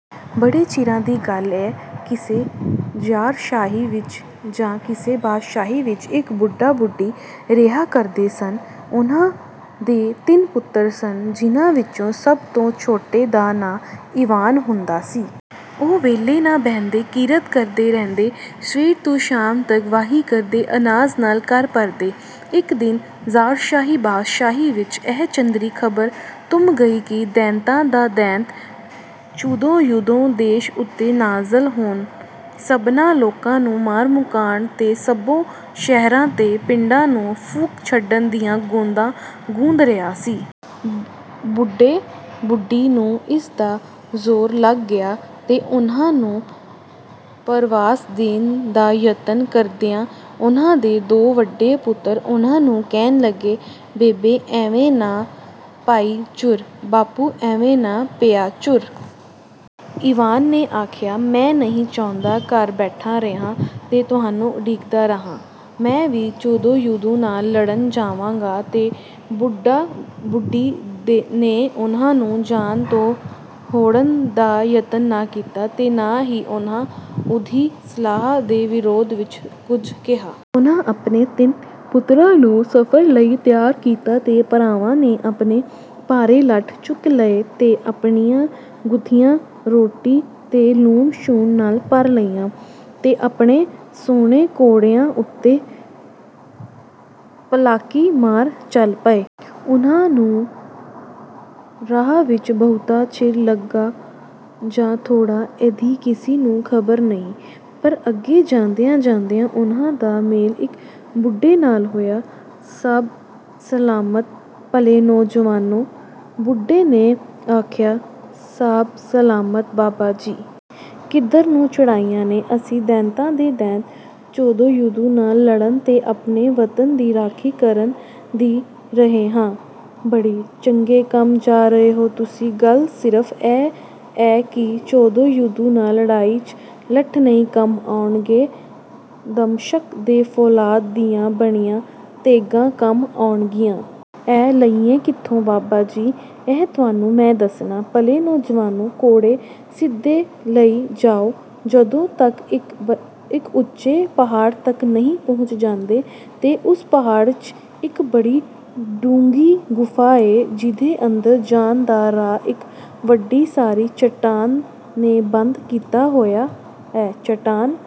ਬੜੇ ਚਿਰਾਂ ਦੀ ਗਲ ਏ, ਕਿਸੇ ਜ਼ਾਰਸ਼ਾਹੀ ਵਿਚ ਜਾਂ ਕਿਸੇ ਬਾਦਸ਼ਾਹੀ ਵਿਚ, ਇਕ ਬੁੱਢਾ ਬੁੱਢੀ ਰਿਹਾ ਕਰਦੇ ਸਨ। ਉਹਨਾਂ ਦੇ ਤਿੰਨ ਪੁੱਤਰ ਸਨ, ਜਿਨ੍ਹਾਂ ਵਿਚੋਂ ਸਭ ਤੋਂ ਛੋਟੇ ਦਾ ਨਾਂ ਈਵਾਨ ਹੁੰਦਾ ਸੀ। ਉਹ ਵਿਹਲੇ ਨਾ ਬਹਿੰਦੇ, ਕਿਰਤ ਕਰਦੇ ਰਹਿੰਦੇ, ਸਵੇਰ ਤੋਂ ਸ਼ਾਮ ਤੱਕ ਵਾਹੀ ਕਰਦੇ, ਅਨਾਜ ਨਾਲ ਘਰ ਭਰਦੇ। ਇੱਕ ਦਿਨ ਜ਼ਾਰਸ਼ਾਹੀ-ਬਾਦਸ਼ਾਹੀ ਵਿੱਚ ਇਹ ਚੰਦਰੀ ਖ਼ਬਰ ਧੁੰਮ ਗਈ ਕਿ ਦੈਂਤਾਂ ਦਾ ਦੈਂਤ, ਚੁਦੋ-ਯੁਦੋ, ਦੇਸ ਉੱਤੇ ਨਾਜ਼ਲ ਹੋਣ, ਸਭਨਾਂ ਲੋਕਾਂ ਨੂੰ ਮਾਰ ਮੁਕਾਣ ਤੇ ਸਭੋ ਸ਼ਹਿਰਾਂ ਤੇ ਪਿੰਡਾਂ ਨੂੰ ਫੂਕ ਛੱਡਣ ਦੀਆਂ ਗੋਂਦਾਂ ਗੁੰਦ ਰਿਹਾ ਸੀ। ਬੁੱਢੇ-ਬੁੱਢੀ ਨੂੰ ਇਹਦਾ ਝੋਰਾ ਲੱਗ ਗਿਆ, ਤੇ ਉਹਨਾਂ ਨੂੰ ਧਰਵਾਸ ਦੇਣ ਦਾ ਜਤਨ ਕਰਦਿਆਂ, ਉਹਨਾਂ ਦੇ ਦੋ ਵੱਡੇ ਪੁੱਤਰ ਉਹਨਾਂ ਨੂੰ ਕਹਿਣ ਲੱਗੇ: "ਬੇਬੇ, ਐਵੇਂ ਨਾ ਪਈ ਝੁਰ, ਬਾਪੂ, ਐਵੇਂ ਨਾ ਪਿਆ ਝੁਰ! ਈਵਾਨ ਨੇ ਆਖਿਆ। "ਮੈਂ ਨਹੀਂ ਚਾਹੁੰਦਾ, ਘਰ ਬੈਠਾ ਰਿਹਾਂ ਤੇ ਤੁਹਾਨੂੰ ਉਡੀਕਦਾ ਰਿਹਾਂ। ਮੈਂ ਵੀ ਚੁਦੋ-ਯੁਦੋ ਨਾਲ ਲੜਨ ਜਾਵਾਂਗਾ!" ਤੇ ਬੁੱਢੇ-ਬੁੱਢੀ ਨੇ ਉਹਨੂੰ ਜਾਣ ਤੋਂ ਹੋੜਨ ਦਾ ਜਤਨ ਨਾ ਕੀਤਾ, ਤੇ ਨਾ ਹੀ ਉਹਨਾਂ ਉਹਦੀ ਸਲਾਹ ਦੇ ਵਿਰੋਧ ਵਿੱਚ ਕੁਝ ਕਿਹਾ। ਉਹਨਾਂ ਆਪਣੇ ਤਿੰਨਾਂ ਪੁੱਤਰਾਂ ਨੂੰ ਸਫ਼ਰ ਲਈ ਤਿਆਰ ਕੀਤਾ, ਤੇ ਭਰਾਵਾਂ ਨੇ ਆਪਣੇ ਭਾਰੇ ਲੱਠ ਚੁੱਕ ਲਏ ਤੇ ਆਪਣੀਆਂ ਗੁੱਥੀਆਂ ਰੋਟੀ ਤੇ ਲੂਣ-ਸ਼ੂਣ ਨਾਲ ਭਰ ਲਈਆਂ, ਤੇ ਆਪਣੇ ਸੁਹਣੇ ਘੋੜਿਆਂ ਉੱਤੇ ਪਲਾਕੀ ਮਾਰ, ਚੱਲ ਪਏ। ਉਹਨਾਂ ਨੂੰ ਰਾਹ ਵਿੱਚ ਬਹੁਤਾ ਚਿਰ ਲੱਗਾ ਜਾਂ ਥੋੜ੍ਹਾ, ਇਹਦੀ ਕਿਸੇ ਨੂੰ ਖ਼ਬਰ ਨਹੀਂ, ਪਰ ਅੱਗੇ ਜਾਂਦਿਆਂ-ਜਾਂਦਿਆਂ ਉਹਨਾਂ ਦਾ ਮੇਲ ਇੱਕ ਬੁੱਢੇ ਨਾਲ ਹੋਇਆ। "ਸਾਬ ਸਲਾਮਤ, ਭਲੇ ਨੌਜਵਾਨੋ! " ਬੁੱਢੇ ਨੇ ਆਖਿਆ। "ਸਾਬ ਸਲਾਮਤ, ਬਾਬਾ ਜੀ!" "ਕਿੱਧਰ ਨੂੰ ਚੜ੍ਹਾਈਆਂ ਨੇ?" "ਅਸੀਂ ਦੈਂਤਾਂ ਦੇ ਦੈਂਤ, ਚੁਦੋ-ਯੁਦੋ, ਨਾਲ ਲੜਨ, ਤੇ ਆਪਣੇ ਵਤਨ ਦੀ ਰਾਖੀ ਕਰਨ ਦੀ ਰਹੇ ਹਾਂ।" "ਬੜੇ ਚੰਗੇ ਕੰਮ ਜਾ ਰਹੋ ਤੁਸੀਂ! ਗੱਲ ਸਿਰਫ਼ ਇਹ ਏ ਕਿ ਚੁਦੋ-ਯੁਦੋ ਨਾਲ ਲੜਾਈ 'ਚ ਲੱਠ ਨਹੀਂ ਕੰਮ ਆਉਣ ਲੱਗੇ, ਦਮਸ਼ਕ ਦੇ ਫ਼ੌਲਾਦ ਦੀਆਂ ਬਣੀਆਂ ਤੇਗ਼ਾਂ ਕੰਮ ਆਉਣਗੀਆਂ।" "ਇਹ ਲਈਏ ਕਿੱਥੋਂ, ਬਾਬਾ ਜੀ?" "ਇਹ ਤੁਹਾਨੂੰ ਮੈਂ ਦੱਸਨਾਂ। ਭਲੇ ਨੌਜਵਾਨੋ, ਘੋੜੇ ਸਿੱਧੇ ਲਈ ਜਾਓ, ਜਦੋਂ ਤੱਕ ਇੱਕ ਉੱਚੇ ਪਹਾੜ ਤੱਕ ਨਹੀਂ ਪਹੁੰਚ ਜਾਂਦੇ। ਤੇ ਓਸ ਪਹਾੜ 'ਚ ਇੱਕ ਬੜੀ ਡੂੰਘੀ ਗੁਫ਼ਾ ਏ, ਜਿਹਦੇ ਅੰਦਰ ਜਾਣ ਦਾ ਰਾਹ ਇੱਕ ਵੱਡੀ ਸਾਰੀ ਚਟਾਨ ਨੇ ਬੰਦ ਕੀਤਾ ਹੋਇਆ ਏ। ਚਟਾਨ